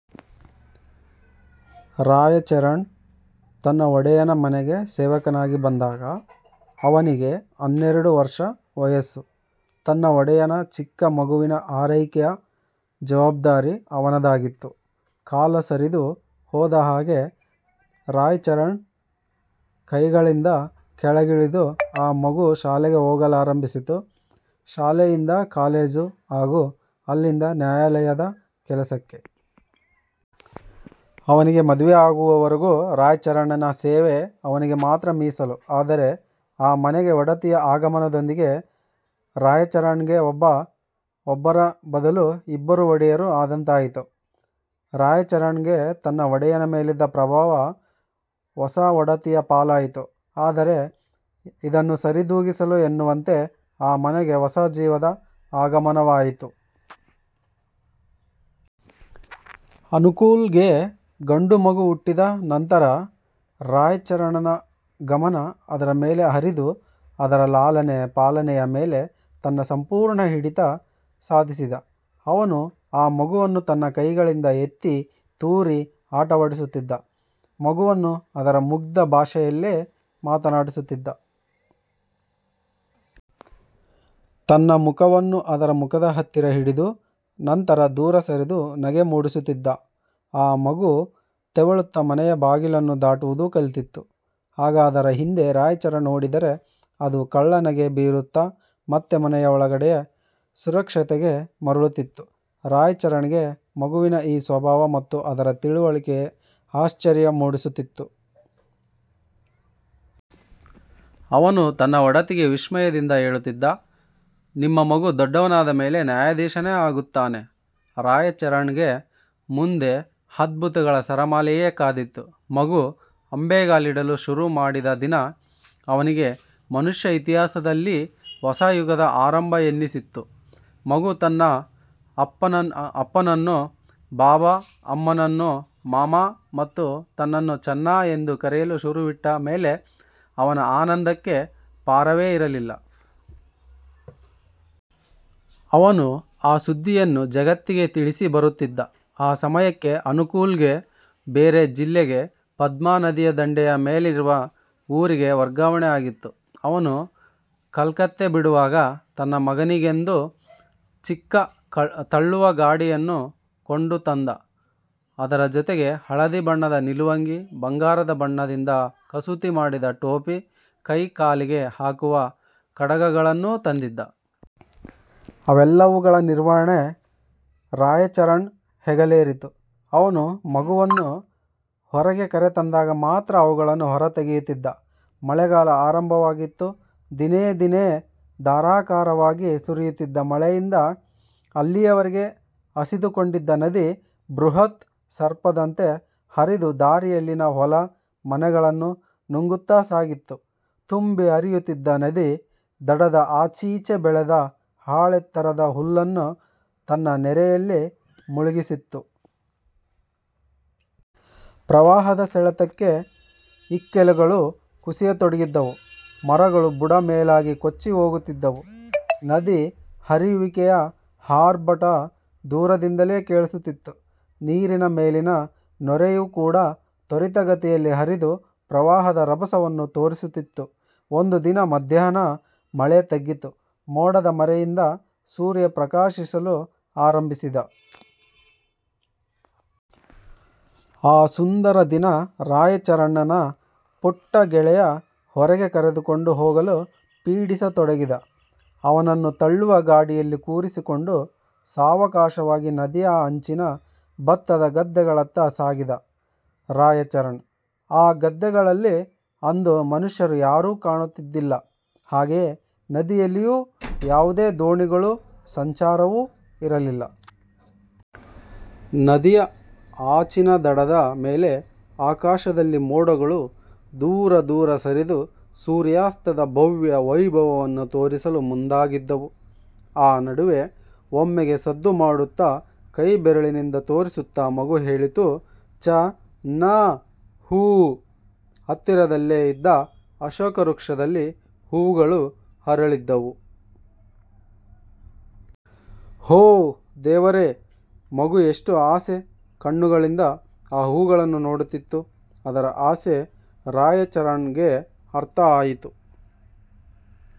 ರಾಯಚರಣ್ ತನ್ನ ಒಡೆಯನ ಮನೆಗೆ ಸೇವಕನಾಗಿ ಬಂದಾಗ, ಅವನಿಗೆ ಹನ್ನೆರಡು ವರ್ಷ ವಯಸ್ಸು. ತನ್ನ ಒಡೆಯನ ಚಿಕ್ಕ ಮಗುವಿನ ಆರೈಕೆಯ ಜವಾಬ್ದಾರಿ ಅವನದಾಗಿತ್ತು. ಕಾಲ ಸರಿದು ಹೋದ ಹಾಗೆ ರಾಯಚರಣ್ ನ ಕೈಗಳಿಂದ ಕೆಳಗಿಳಿದ ಆ ಮಗು ಶಾಲೆಗೆ ಹೋಗಲಾರಂಭಿಸಿತು. ಶಾಲೆಯಿಂದ ಕಾಲೇಜು ಹಾಗೂ ಅಲ್ಲಿಂದ ನ್ಯಾಯಾಲಯದ ಕೆಲಸಕ್ಕೆ. ಅವನಿಗೆ ಮದುವೆ ಆಗುವವರೆಗೂ ರಾಯಚರಣ್ ನ ಸೇವೆ ಅವನಿಗೆ ಮಾತ್ರ ಮೀಸಲು. ಆದರೆ ಆ ಮನೆಗೆ ಒಡತಿಯ ಆಗಮನದೊಂದಿಗೆ, ರಾಯಚರಣ್ ಗೆ ಒಬ್ಬರ ಬದಲು ಇಬ್ಬರು ಒಡೆಯರು ಆದಂತಾಯಿತು. ರಾಯಚರಣ್ ಗೆ ತನ್ನ ಒಡೆಯನ ಮೇಲಿದ್ದ ಪ್ರಭಾವ ಹೊಸ ಒಡತಿಯ ಪಾಲಾಯಿತು. ಆದರೆ ಇದನ್ನು ಸರಿದೂಗಿಸಲು ಎನ್ನುವಂತೆ, ಆ ಮನೆಗೆ ಹೊಸ ಜೀವದ ಆಗಮನವಾಯಿತು. ಅನುಕೂಲ್ ಗೆ ಗಂಡು ಮಗು ಹುಟ್ಟಿದ ನಂತರ, ರಾಯಚರಣ್ ನ ಗಮನ ಅದರ ಮೇಲೆ ಹರಿದು, ಅದರ ಲಾಲನೆ, ಪಾಲನೆಯ ಮೇಲೆ ತನ್ನ ಸಂಪೂರ್ಣ ಹಿಡಿತ ಸಾಧಿಸಿದ. ಅವನು ಆ ಮಗುವನ್ನು ತನ್ನ ಕೈಗಳಿಂದ ಎತ್ತಿ, ತೂರಿ ಆಟವಾಡಿಸುತ್ತಿದ್ದ. ಮಗುವನ್ನು ಅದರ ಮುಗ್ಧ ಭಾಷೆಯಲ್ಲೇ ಮಾತನಾಡಿಸುತ್ತಿದ್ದ. ತನ್ನ ಮುಖವನ್ನು ಅದರ ಮುಖದ ಹತ್ತಿರ ಹಿಡಿದು, ನಂತರ ದೂರ ಸರಿದು ನಗೆ ಮೂಡಿಸುತ್ತಿದ್ದ. ಆ ಮಗು ತೆವಳುತ್ತ ಮನೆಯ ಬಾಗಿಲನ್ನು ದಾಟುವುದು ಕಲಿತಿತ್ತು. ಆಗ ಅದರ ಹಿಂದೆ ರಾಯಚರಣ್ ಓಡಿದರೆ, ಅದು ಕಳ್ಳ ನಗೆ ಬೀರುತ್ತ ಮತ್ತೆ ಮನೆಯ ಒಳಗಡೆಯ ಸುರಕ್ಷತೆಗೆ ಮರಳುತ್ತಿತ್ತು. ರಾಯಚರಣ್ ಗೆ ಮಗುವಿನ ಈ ಸ್ವಭಾವ ಮತ್ತು ಅದರ ತಿಳುವಳಿಕೆ ಆಶ್ಚರ್ಯ ಮೂಡಿಸುತ್ತಿತ್ತು. ಅವನು ತನ್ನ ಒಡತಿಗೆ ವಿಸ್ಮಯದಿಂದ ಹೇಳುತ್ತಿದ್ದ "ನಿಮ್ಮ ಮಗು ದೊಡ್ಡವನಾದ ಮೇಲೆ ನ್ಯಾಯಾಧೀಶನೇ ಆಗುತ್ತಾನೆ! " ರಾಯಚರಣ್ ಗೆ ಮುಂದೆ ಅದ್ಭುತಗಳ ಸರಮಾಲೆಯೇ ಕಾದಿತ್ತು. ಮಗು ಅಂಬೆಗಾಲಿಡಲು ಶುರು ಮಾಡಿದ ದಿನ, ಅವನಿಗೆ ಮನುಷ್ಯ ಇತಿಹಾಸದಲ್ಲಿ ಹೊಸ ಯುಗದ ಆರಂಭ ಎನ್ನಿಸಿತ್ತು. ಮಗು ತನ್ನ ಅಪ್ಪನನ್ನು "ಬಾಬಾ", ಅಮ್ಮನನ್ನು "ಮಾಮಾ" ಮತ್ತು ತನ್ನನ್ನು "ಚನ್ನಾ" ಎಂದು ಕರೆಯಲು ಶುರುವಿಟ್ಟ ಮೇಲೆ ಅವನ ಆನಂದಕ್ಕೆ ಪಾರವೇ ಇರಲಿಲ್ಲ. ಅವನು ಆ ಸುದ್ದಿಯನ್ನು ಜಗತ್ತಿಗೇ ತಿಳಿಸಿ ಬರುತ್ತಿದ್ದ. ಆ ಸಮಯಕ್ಕೆ ಅನುಕೂಲ್ ಗೆ ಬೇರೆ ಜಿಲ್ಲೆಗೆ ಪದ್ಮ ನದಿಯದಂಡೆಯ ಮೇಲಿರುವ ಊರಿಗೆ ವರ್ಗಾವಣೆ ಆಗಿತ್ತು. ಅವನು ಕಲ್ಕತ್ತೆ ಬಿಡುವಾಗ, ತನ್ನ ಮಗನಿಗೆಂದು, ಚಿಕ್ಕ ತಳ್ಳುವ ಗಾಡಿಯನ್ನು ಕೊಂಡು ತಂದ. ಅದರ ಜೊತೆಗೆ ಹಳದಿ ಬಣ್ಣದ ನಿಲುವಂಗಿ, ಬಂಗಾರದ ಬಣ್ಣದಿಂದ ಕಸೂತಿ ಮಾಡಿದ ಟೋಪಿ, ಕೈ, ಕಾಲಿಗೆ ಹಾಕುವ ಕಡಗಗಳನ್ನೂ ತಂದಿದ್ದ. ಅವೆಲ್ಲವುಗಳ ನಿರ್ವಹಣೆ ರಾಯಚರಣ್ ಹೆಗಲೇರಿತು. ಅವನು ಮಗುವನ್ನು ಹೊರಗೆ ಕರೆ ತಂದಾಗ ಮಾತ್ರ ಅವುಗಳನ್ನು ಹೊರ ತೆಗೆಯುತ್ತಿದ್ದ. ಮಳೆಗಾಲ ಆರಂಭವಾಗಿತ್ತು. ದಿನೇ ದಿನೇ ಧಾರಾಕಾರವಾಗಿ ಸುರಿಯುತ್ತಿದ್ದ ಮಳೆಯಿಂದ, ಅಲ್ಲಿಯವೆರೆಗೆ ಹಸಿದುಕೊಂಡಿದ್ದ ನದಿ, ಬೃಹತ್ ಸರ್ಪದಂತೆ ಹರಿದು, ದಾರಿಯಲ್ಲಿನ ಹೊಲ, ಮನೆಗಳನ್ನು ನುಂಗುತ್ತಸಾಗಿತ್ತು. ತುಂಬಿ ಹರಿಯುತ್ತಿದ್ದ ನದಿ, ದಡದ ಆಚೀಚೆ ಬೆಳೆದ ಆಳೆತ್ತರದ ಹುಲ್ಲನ್ನು ತನ್ನ ನೆರೆಯಲ್ಲಿ ಮುಳುಗಿಸಿತ್ತು. ಪ್ರವಾಹದ ಸೆಳೆತಕ್ಕೆ ಇಕ್ಕೆಲಗಳು ಕುಸಿಯತೊಡಗಿದ್ದವು. ಮರಗಳು ಬುಡ ಮೇಲಾಗಿ ಕೊಚ್ಚಿ ಹೋಗುತ್ತಿದ್ದವು. ನದಿ ಹರಿಯುವಿಕೆಯ ಆರ್ಭಟ ದೂರದಿಂದಲೇ ಕೇಳಿಸುತ್ತಿತ್ತು. ನೀರಿನ ಮೇಲಿನ ನೊರೆಯೂ ಕೂಡ ತ್ವರಿತ ಗತಿಯಲ್ಲಿ ಹರಿದು, ಪ್ರವಾಹದ ರಭಸವನ್ನು ತೋರಿಸುತ್ತಿತ್ತು. ಒಂದು ದಿನ ಮಧ್ಯಾಹ್ನ ಮಳೆ ತಗ್ಗಿತು, ಮೋಡದ ಮರೆಯಿಂದಲೇ ಸೂರ್ಯ ಪ್ರಕಾಶಿಸಲು ಆರಂಭಿಸಿದ. ಆ ಸುಂದರ ದಿನ ರಾಯಚರಣ್ ನ ಪುಟ್ಟ ಗೆಳೆಯ ಹೊರಗೆ ಕರೆದುಕೊಂಡು ಹೋಗಲು ಪೀಡಿಸತೊಡಗಿದ. ಅವನನ್ನು ತಳ್ಳುವ ಗಾಡಿಯಲ್ಲಿ ಕುಳ್ಳಿರಿಸಿಕೊಂಡು, ಸಾವಕಾಶವಾಗಿ ನದಿಯ ಅಂಚಿನ ಭತ್ತದ ಗದ್ದೆಗಳತ್ತ ಸಾಗಿದ ರಾಯಚರಣ್. ಆ ಗದ್ದೆಗಳಲ್ಲಿ ಅಂದು ಮನುಷ್ಯರು ಯಾರು ಕಾಣುತ್ತಿದ್ದಿಲ್ಲ. ಹಾಗೆಯೇ ನದಿಯಲ್ಲಿಯೂ ಯಾವುದೇ ದೋಣಿಗಳ ಸಂಚಾರವೂ ಇರಲಿಲ್ಲ. ನದಿಯ ಆಚಿನ ದಡದ ಮೇಲೆ, ಆಕಾಶದಲ್ಲಿ ಮೋಡಗಳು ದೂರ ದೂರ ಸರಿದು, ಸೂರ್ಯಾಸ್ತದ ಭವ್ಯ ವೈಭವವನ್ನು ತೋರಿಸಲು ಮುಂದಾಗಿದ್ದವು. ಆ ನಡುವೆ, ಒಮ್ಮೆಗೆ ಸದ್ದು ಮಾಡುತ್ತ, ಕೈ ಬೆರಳಿನಿಂದ ತೋರಿಸುತ್ತ ಮಗು ಹೇಳಿತು "ಚ-ನ್ನಾ, ಹೂ! " ಹತ್ತಿರದಲ್ಲೆ ಇದ್ದ ಅಶೋಕ ವೃಕ್ಷದಲ್ಲಿ ಹೂಗಳು ಅರಳಿದ್ದವು. ಓ ದೇವರೇ, ಮಗು ಎಷ್ಟು ಆಸೆ ಕಣ್ಣುಗಳಿಂದ ಆ ಹೂಗಳನ್ನು ನೋಡುತ್ತಿತ್ತು. ಅದರ ಆಸೆ ರಾಯಚರಣ್ ಗೆ ಅರ್ಥ ಆಯಿತು.